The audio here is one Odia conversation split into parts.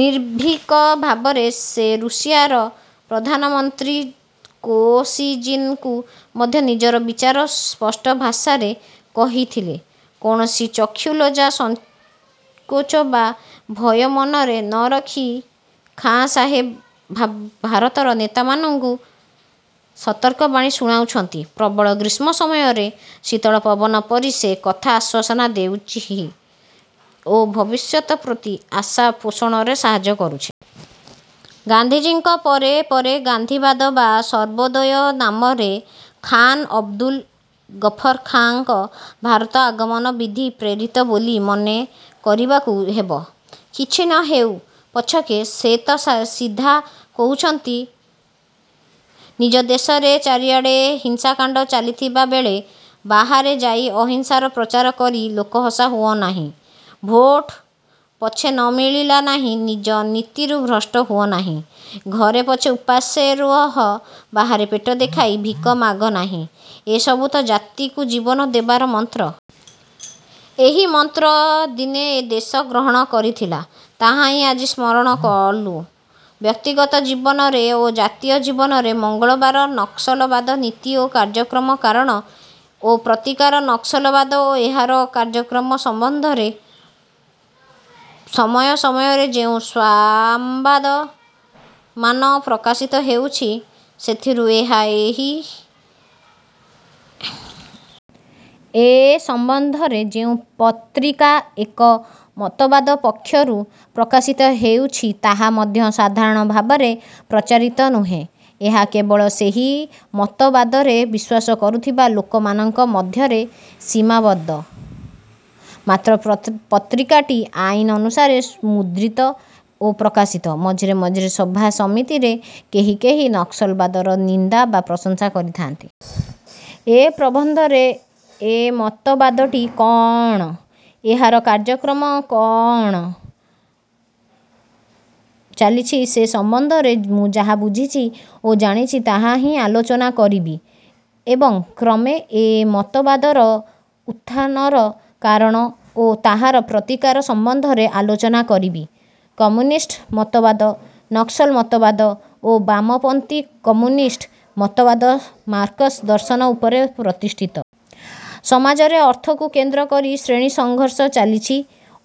ନିର୍ଭୀକ ଭାବରେ ସେ ରୁଷିଆର ପ୍ରଧାନମନ୍ତ୍ରୀ। କୋସିଜିନଙ୍କୁ ମଧ୍ୟ ନିଜର ବିଚାର ସ୍ପଷ୍ଟ ଭାଷାରେ କହିଥିଲେ। କୌଣସି ଚକ୍ଷୁଲଜ୍ଜା, ସଙ୍କୋଚ ବା ଭୟ ମନରେ ନ ରଖି ଖାଁ ସାହେବ ଭାରତର ନେତାମାନଙ୍କୁ ସତର୍କ ବାଣୀ ଶୁଣାଉଛନ୍ତି। ପ୍ରବଳ ଗ୍ରୀଷ୍ମ ସମୟରେ ଶୀତଳ ପବନ ପରି ସେ କଥା ଆଶ୍ୱାସନା ଦେଉଛି ଓ ଭବିଷ୍ୟତ ପ୍ରତି ଆଶା ପୋଷଣରେ ସାହାଯ୍ୟ କରୁଛି। ଗାନ୍ଧିଜୀଙ୍କ ପରେ ପରେ ଗାନ୍ଧିବାଦ ବା ସର୍ବୋଦୟ ନାମରେ ଖାନ୍ ଅବଦୁଲ ଗଫର ଖାଁଙ୍କ ଭାରତ ଆଗମନ ବିଧି-ପ୍ରେରିତ ବୋଲି ମନେ କରିବାକୁ ହେବ। କିଛି ନ ହେଉ ପଛକେ ସେ ତ ସିଧା କହୁଛନ୍ତି ''ନିଜ ଦେଶରେ ଚାରିଆଡ଼େ ହିଂସାକାଣ୍ଡ ଚାଲିଥିବା ବେଳେ, ବାହାରେ ଯାଇ ଅହିଂସାର ପ୍ରଚାର କରି ଲୋକହସା ହୁଅନାହିଁ'', ''ଭୋଟ ପଛେ ନ ମିଳିଲା ନାହିଁ, ନିଜ ନୀତିରୁ ଭ୍ରଷ୍ଟ ହୁଅନାହିଁ'', ''ଘରେ ପଛେ ଉପାସେ ରହ, ବାହାରେ ପେଟ ଦେଖାଇ ଭିଖ ମାଗ ନାହିଁ'' ଏ ସବୁ ତ ଜାତିକୁ ଜୀବନ ଦେବାର ମନ୍ତ୍ର। ଏହି ମନ୍ତ୍ର ଦିନେ ଏ ଦେଶ ଗ୍ରହଣ କରିଥିଲା। ତାହାହିଁ ଆଜି ସ୍ମରଣ କଲୁଁ, ବ୍ୟକ୍ତିଗତ ଜୀବନରେ ଓ ଜାତୀୟ ଜୀବନରେ। ମଙ୍ଗଳବାର ନକ୍ସଲବାଦ-ନୀତି ଓ କାର୍ଯ୍ୟକ୍ରମ କାରଣ ଓ ପ୍ରତିକାର ନକ୍ସଲବାଦ ଓ ଏହାର କାର୍ଯ୍ୟକ୍ରମ ସମ୍ବନ୍ଧରେ ସମୟ ସମୟରେ ଯେଉଁ ସମ୍ବାଦମାନ ପ୍ରକାଶିତ ହେଉଛି ସେଥିରୁ ଏହା ଏକ ହିଂସାତ୍ମକ ଆନ୍ଦୋଳନ, ଏତିକିମାତ୍ର ଧାରଣା ହେଉଛି। ଏ ସମ୍ବନ୍ଧରେ ଯେଉଁ ପତ୍ରିକା ଏ ମତବାଦ ପକ୍ଷରୁ ପ୍ରକାଶିତ ହେଉଛି ତାହା ମଧ୍ୟ ସାଧାରଣ ଭାବରେ ପ୍ରଚାରିତ ନୁହେଁ। ଏହା କେବଳ ସେହି ମତବାଦରେ ବିଶ୍ୱାସ କରୁଥିବା ଲୋକମାନଙ୍କ ମଧ୍ୟରେ ସୀମାବଦ୍ଧ। ମାତ୍ର ପତ୍ରିକାଟି ଆଇନ ଅନୁସାରେ ମୁଦ୍ରିତ ଓ ପ୍ରକାଶିତ। ମଝିରେ ମଝିରେ ସଭା ସମିତିରେ କେହି କେହି ନକ୍ସଲବାଦର ନିନ୍ଦା ବା ପ୍ରଶଂସା କରିଥାନ୍ତି। ଏ ପ୍ରବନ୍ଧରେ ଏ ମତବାଦଟି କଅଣ, ଏହାର କାର୍ଯ୍ୟକ୍ରମ କଅଣ ଚାଲିଛି ସେ ସମ୍ବନ୍ଧରେ ମୁଁ ଯାହା ବୁଝିଛି ଓ ଜାଣିଛି ତାହାହିଁ ଆଲୋଚନା କରିବି ଏବଂ କ୍ରମେ ଏ ମତବାଦର ଉତ୍ଥାନର କାରଣ ଓ ତାହାର ପ୍ରତିକାର ସମ୍ବନ୍ଧରେ ଆଲୋଚନା କରିବି। କମ୍ୟୁନିଷ୍ଟ ମତବାଦ, ନକ୍ସଲ ମତବାଦ ଓ ବାମପନ୍ଥୀ କମ୍ୟୁନିଷ୍ଟ ମତବାଦ ମାର୍କସ୍ଙ୍କ ଦର୍ଶନ ଉପରେ ପ୍ରତିଷ୍ଠିତ। ସମାଜରେ ଅର୍ଥକୁ କେନ୍ଦ୍ର କରି ଶ୍ରେଣୀ ସଂଘର୍ଷ ଚାଲିଛି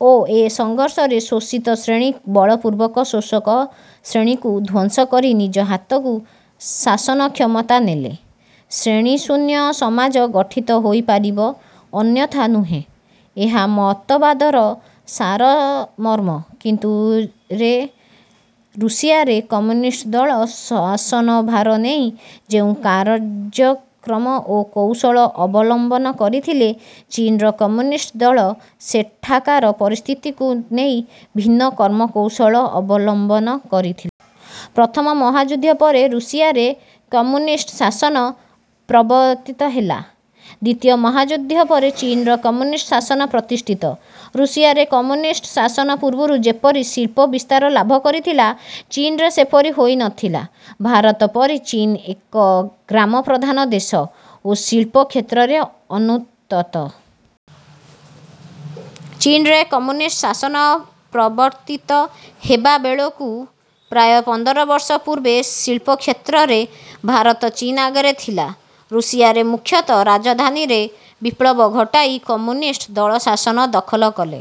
ଓ ଏ ସଂଘର୍ଷରେ ଶୋଷିତ ଶ୍ରେଣୀ ବଳପୂର୍ବକ ଶୋଷକ ଶ୍ରେଣୀକୁ ଧ୍ୱଂସ କରି ନିଜ ହାତକୁ ଶାସନକ୍ଷମତା ନେଲେ, ଶ୍ରେଣୀଶୂନ୍ୟସମାଜ ଗଠିତ ହୋଇପାରିବ, ଅନ୍ୟଥା ନୁହେଁ। ଏହା ମତବାଦର ସାରମର୍ମ। କିନ୍ତୁ ରେ ରୁଷିଆରେ କମ୍ୟୁନିଷ୍ଟ ଦଳ ଶାସନଭାର ନେଇ ଯେଉଁ କାର୍ଯ୍ୟକ୍ରମ ଓ କୌଶଳ ଅବଲମ୍ବନ କରିଥିଲେ, ଚୀନର କମ୍ୟୁନିଷ୍ଟ ଦଳ ସେଠାକାର ପରିସ୍ଥିତିକୁ ନେଇ ଭିନ୍ନ କର୍ମକୌଶଳ ଅବଲମ୍ବନ କରିଥିଲେ। ପ୍ରଥମ ମହାଯୁଦ୍ଧ ପରେ ରୁଷିଆରେ କମ୍ୟୁନିଷ୍ଟ ଶାସନ ପ୍ରବର୍ତ୍ତିତ ହେଲା। ଦ୍ୱିତୀୟ ମହାଯୁଦ୍ଧ ପରେ ଚୀନରେ କମ୍ୟୁନିଷ୍ଟ ଶାସନ ପ୍ରତିଷ୍ଠିତ। ରୁଷିଆରେ କମ୍ୟୁନିଷ୍ଟ ଶାସନ ପୂର୍ବରୁ ଯେପରି ଶିଳ୍ପ ବିସ୍ତାର ଲାଭ କରିଥିଲା; ଚୀନରେ ସେପରି ହୋଇ ନଥିଲା। ଭାରତ ପରି ଚୀନ ଏକ ଗ୍ରାମ ପ୍ରଧାନ ଦେଶ ଓ ଶିଳ୍ପ କ୍ଷେତ୍ରରେ ଅନୁନ୍ନତ। ଚୀନରେ କମ୍ୟୁନିଷ୍ଟ ଶାସନ ପ୍ରବର୍ତ୍ତିତ ହେବାବେଳକୁ ପ୍ରାୟ ପନ୍ଦରବର୍ଷ ପୂର୍ବେ ଶିଳ୍ପକ୍ଷେତ୍ରରେ ଭାରତ ଚୀନ ଆଗରେ ଥିଲା। ରୁଷିଆରେ ମୁଖ୍ୟତଃ ରାଜଧାନୀରେ ବିପ୍ଳବ ଘଟାଇ କମ୍ୟୁନିଷ୍ଟ ଦଳ ଶାସନ ଦଖଲ କଲେ।